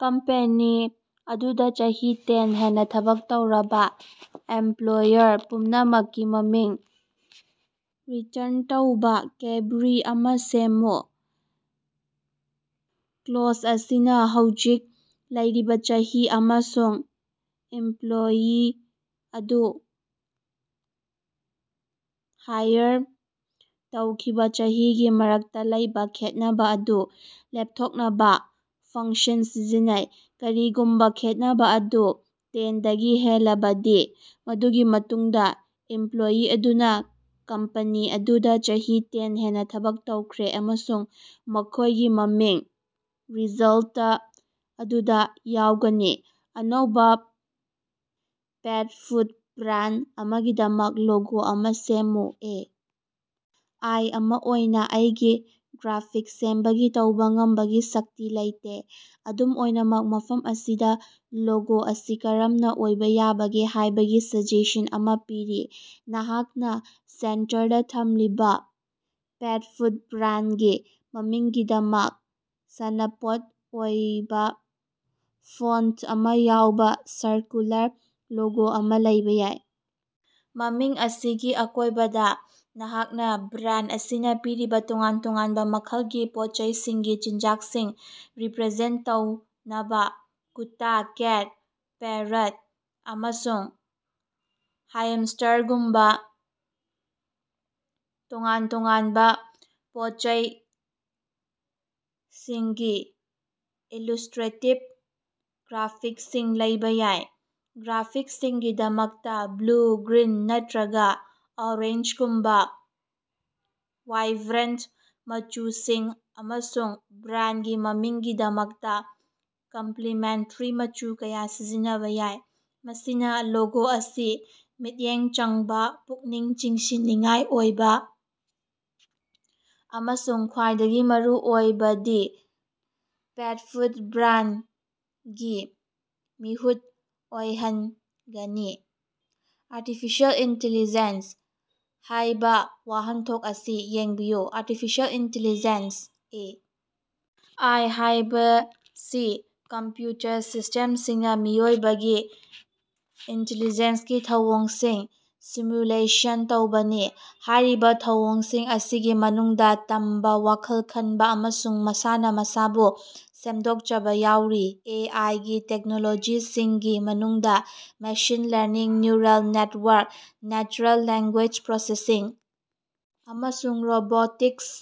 Company ꯑꯗꯨꯗꯥ ꯆꯍꯤ ten ꯍꯦꯟꯅꯥ ꯊꯕꯛ ꯇꯧꯔꯕꯥ ꯑꯦꯝꯄꯂꯣꯌꯔ ꯄꯨꯝꯅꯃꯛꯀꯤ ꯃꯃꯤꯡ ꯔꯤꯇꯔꯟ ꯇꯧꯕꯥ ꯀ꯭ꯕꯦꯔꯤ ꯑꯃ ꯁꯦꯝꯃꯨ꯫ ꯀ꯭ꯂꯣꯖ ꯑꯁꯤꯅꯥ ꯍꯧꯖꯤꯛ ꯂꯩꯔꯤꯕ ꯆꯍꯤ ꯑꯃꯁꯨꯡ ꯏꯝꯄꯂꯣꯌꯤ ꯑꯗꯨ ꯍꯥꯏꯔ ꯇꯧꯈꯤꯕꯥ ꯆꯍꯤ ꯒꯤ ꯃꯔꯛꯇꯥ ꯂꯩꯕꯥ ꯈꯦꯠꯅꯕꯥ ꯑꯗꯨ ꯂꯦꯄꯊꯣꯛꯅꯕꯥ ꯐꯪꯛꯁꯟ ꯁꯤꯖꯤꯟꯅꯩ꯫ ꯀꯔꯤꯒꯨꯝꯕꯥ ꯈꯦꯠꯅꯕꯥ ꯑꯗꯨ ꯇꯦꯟꯗꯒꯤ ꯍꯦꯜꯂꯕꯗꯤ, ꯃꯗꯨꯒꯤ ꯃꯇꯨꯡꯗꯥ ꯏꯝꯄꯂꯣꯌꯤ ꯑꯗꯨꯅꯥ ꯀꯝꯄꯅꯤ ꯑꯗꯨꯗꯥ ꯆꯍꯤ ꯇꯦꯟ ꯍꯦꯟꯅꯥ ꯊꯕꯛ ꯇꯧꯈ꯭ꯔꯦ ꯑꯃꯁꯨꯡ ꯃꯈꯣꯏꯒꯤ ꯃꯃꯤꯡ ꯔꯤꯖꯜꯇ ꯑꯗꯨꯗꯥ ꯌꯥꯎꯒꯅꯤ꯫ ꯑꯅꯧꯕꯥ ꯄꯦꯠ ꯐꯨꯗ ꯕ꯭ꯔꯥꯟꯗ ꯑꯃꯒꯤꯗꯃꯛ ꯂꯣꯒꯣ ꯑꯃꯥ ꯁꯦꯝꯃꯨ꯫ ꯑꯦ. ꯑꯥꯏ. ꯑꯃꯥ ꯑꯣꯏꯅꯥ ꯑꯩꯒꯤ ꯒ꯭ꯔꯥꯐꯤꯛꯁ ꯁꯦꯝꯕꯒꯤ ꯇꯧꯕꯥ ꯉꯝꯕꯒꯤ ꯁꯛꯇꯤ ꯂꯩꯇꯦ, ꯑꯗꯨꯝ ꯑꯣꯏꯅꯃꯛ, ꯃꯐꯝ ꯑꯁꯤꯗꯥ ꯂꯣꯒꯣ ꯑꯁꯤ ꯀꯔꯝꯅꯥ ꯑꯣꯏꯕꯥ ꯌꯥꯕꯒꯦ ꯍꯥꯏꯕꯒꯤ ꯁꯖꯦꯁꯟ ꯑꯃꯥ ꯄꯤꯔꯤ: ꯅꯍꯥꯛꯅꯥ ꯁꯦꯟꯇꯔꯗꯥ ꯊꯝꯂꯤꯕꯥ ꯄꯦꯠ ꯐꯨꯗ ꯕ꯭ꯔꯥꯟꯗꯒꯤ ꯃꯃꯤꯡꯒꯤꯗꯃꯛ ꯁꯥꯟꯅꯄꯣꯠ ꯑꯣꯏꯕꯥ ꯐꯣꯟꯇ ꯑꯃ ꯌꯥꯎꯕ ꯁꯔꯀꯨꯂꯥꯔ ꯂꯣꯒꯣ ꯑꯃꯥ ꯂꯩꯕꯥ ꯌꯥꯏ꯫. ꯃꯃꯤꯡ ꯑꯁꯤꯒꯤ ꯑꯀꯣꯏꯕꯗꯥ, ꯅꯍꯥꯛꯅꯥ ꯕ꯭ꯔꯥꯟꯗ ꯑꯁꯤꯅꯥ ꯄꯤꯔꯤꯕꯥ ꯇꯣꯉꯥꯟ ꯇꯣꯉꯥꯟꯕ ꯃꯈꯜꯒꯤ ꯄꯣꯠꯆꯩꯁꯤꯡꯒꯤ ꯆꯤꯟꯖꯥꯛꯁꯤꯡ ꯔꯤꯄꯔꯖꯦꯟꯇ ꯇꯧꯅꯕ ꯀꯨꯠꯇꯥ, ꯀꯦꯠ, ꯄꯦꯔꯣꯠ, ꯑꯃꯁꯨꯡ ꯍ꯭ꯌꯥꯝꯁ꯭ꯇꯔꯒꯨꯝꯕ ꯇꯣꯉꯥꯟ ꯇꯣꯉꯥꯟꯕ ꯄꯣꯠꯆꯩꯁꯤꯡꯒꯤ ꯏꯜꯁ꯭ꯇꯔꯦꯇꯤꯕ ꯒ꯭ꯔꯥꯐꯤꯛꯁꯁꯤꯡ ꯂꯩꯕꯥ ꯌꯥꯏ꯫ ꯒ꯭ꯔꯥꯐꯤꯛꯁꯀꯤꯗꯃꯛꯇꯥ ꯕ꯭ꯂꯨ, ꯒ꯭ꯔꯤꯟ ꯅꯠꯇꯔꯒꯥ ꯑꯣꯔꯦꯟꯖꯒꯨꯝꯕꯥ ꯋꯥꯏꯕ꯭ꯔꯦꯟꯇ ꯃꯆꯨꯁꯤꯡ ꯑꯃꯁꯨꯡ ꯕ꯭ꯔꯥꯟꯗꯒꯤ ꯃꯃꯤꯡꯒꯤꯗꯃꯛꯇꯥ ꯀꯝꯄꯂꯤꯃꯦꯟꯇꯦꯔꯤ ꯃꯆꯨ ꯑꯃꯥ ꯁꯤꯖꯤꯟꯅꯕꯥ ꯌꯥꯏ꯫ ꯃꯁꯤꯅꯥ ꯂꯣꯒꯣ ꯑꯁꯤ ꯃꯤꯠꯌꯦꯡ ꯆꯪꯕꯥ, ꯄꯨꯛꯅꯤꯡ ꯆꯤꯡꯁꯤꯟꯅꯤꯡꯉꯥꯏ ꯑꯣꯏꯕꯥ ꯑꯃꯁꯨꯡ ꯈ꯭ꯋꯥꯏꯗꯒꯤ ꯃꯔꯨꯑꯣꯏꯕꯗꯤ ꯄꯦꯠ ꯐꯨꯗ ꯕ꯭ꯔꯥꯟꯗꯒꯤ ꯃꯤꯍꯨꯠ ꯑꯣꯏꯍꯅꯒꯅꯤ꯫ "ꯑꯥꯔꯇꯤꯐꯤꯁꯤꯑꯦꯜ ꯏꯟꯇꯦꯂꯤꯖꯦꯟꯁ" ꯍꯥꯏꯕꯥ ꯋꯥꯍꯟꯊꯣꯛ ꯑꯁꯤ ꯌꯦꯡꯕꯤꯌꯨ꯫ Artificial intelligence (A. ꯑꯥꯏ.) ꯍꯥꯏꯕꯁꯤ ꯀꯝꯄ꯭ꯌꯨꯇꯔ ꯁꯤꯁꯇꯦꯝꯁꯤꯡꯅꯥ ꯃꯤꯑꯣꯏꯕꯒꯤ ꯏꯟꯇꯦꯂꯤꯖꯦꯟꯁꯀꯤ ꯊꯧꯑꯣꯡꯁꯤꯡ ꯁꯤꯃꯨꯂꯦꯁꯟ ꯇꯧꯕꯅꯤ꯫ ꯍꯥꯏꯔꯤꯕꯥ ꯊꯧꯑꯣꯡꯁꯤꯡ ꯑꯁꯤꯒꯤ ꯃꯅꯨꯡꯗꯥ ꯇꯝꯕꯥ, ꯋꯥꯈꯜ ꯈꯅꯕꯥ ꯑꯃꯁꯨꯡ ꯃꯁꯥꯅꯥ ꯃꯁꯥꯕꯨ ꯁꯦꯝꯗꯣꯛꯆꯕꯥ ꯌꯥꯎꯔꯤ꯫ ꯑꯦ. ꯑꯥꯏ. ꯒꯤ ꯇꯦꯛꯅꯣꯂꯣꯖꯤꯁꯤꯡꯒꯤ ꯃꯅꯨꯡꯗꯥ machine learning, neural network, natural language processing ꯑꯃꯁꯨꯡ ꯔꯣꯕꯣꯇꯤꯛꯁ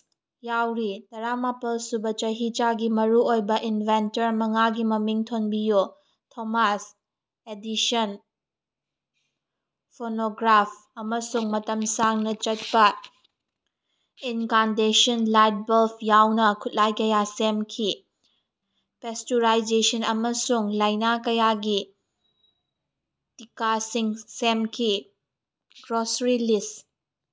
ꯌꯥꯎꯔꯤ꯫ ꯇꯔꯥ ꯃꯥꯄꯜꯁꯨꯕꯥ ꯆꯍꯤꯆꯥꯒꯤ ꯃꯔꯨꯑꯣꯏꯕꯥ ꯏꯟꯚꯦꯟꯇꯔ ꯃꯉꯥꯒꯤ ꯃꯃꯤꯡ ꯊꯣꯟꯕꯤꯌꯨ꯫ ꯊꯣꯃꯥꯁ ꯑꯦꯗꯤꯁꯟ ꯐꯣꯅꯣꯒ꯭ꯔꯥꯐ ꯑꯃꯁꯨꯡ ꯃꯇꯝ ꯁꯥꯡꯅꯥ ꯆꯠꯄꯥ ꯏꯟꯀꯦꯟꯗꯦꯁꯟ ꯂꯥꯏꯠ ꯕꯜꯕ ꯌꯥꯎꯅ ꯈꯨꯠꯂꯥꯏ ꯀꯌꯥ ꯁꯦꯃꯈꯤ꯫ ꯄꯦꯁ꯭ꯇꯨꯔꯥꯏꯖꯦꯁꯟ ꯑꯃꯁꯨꯡ ꯂꯥꯏꯅꯥ ꯀꯌꯥꯒꯤ ꯇꯤꯀꯥꯁꯤꯡ ꯁꯦꯃꯈꯤ꯫ Grocery list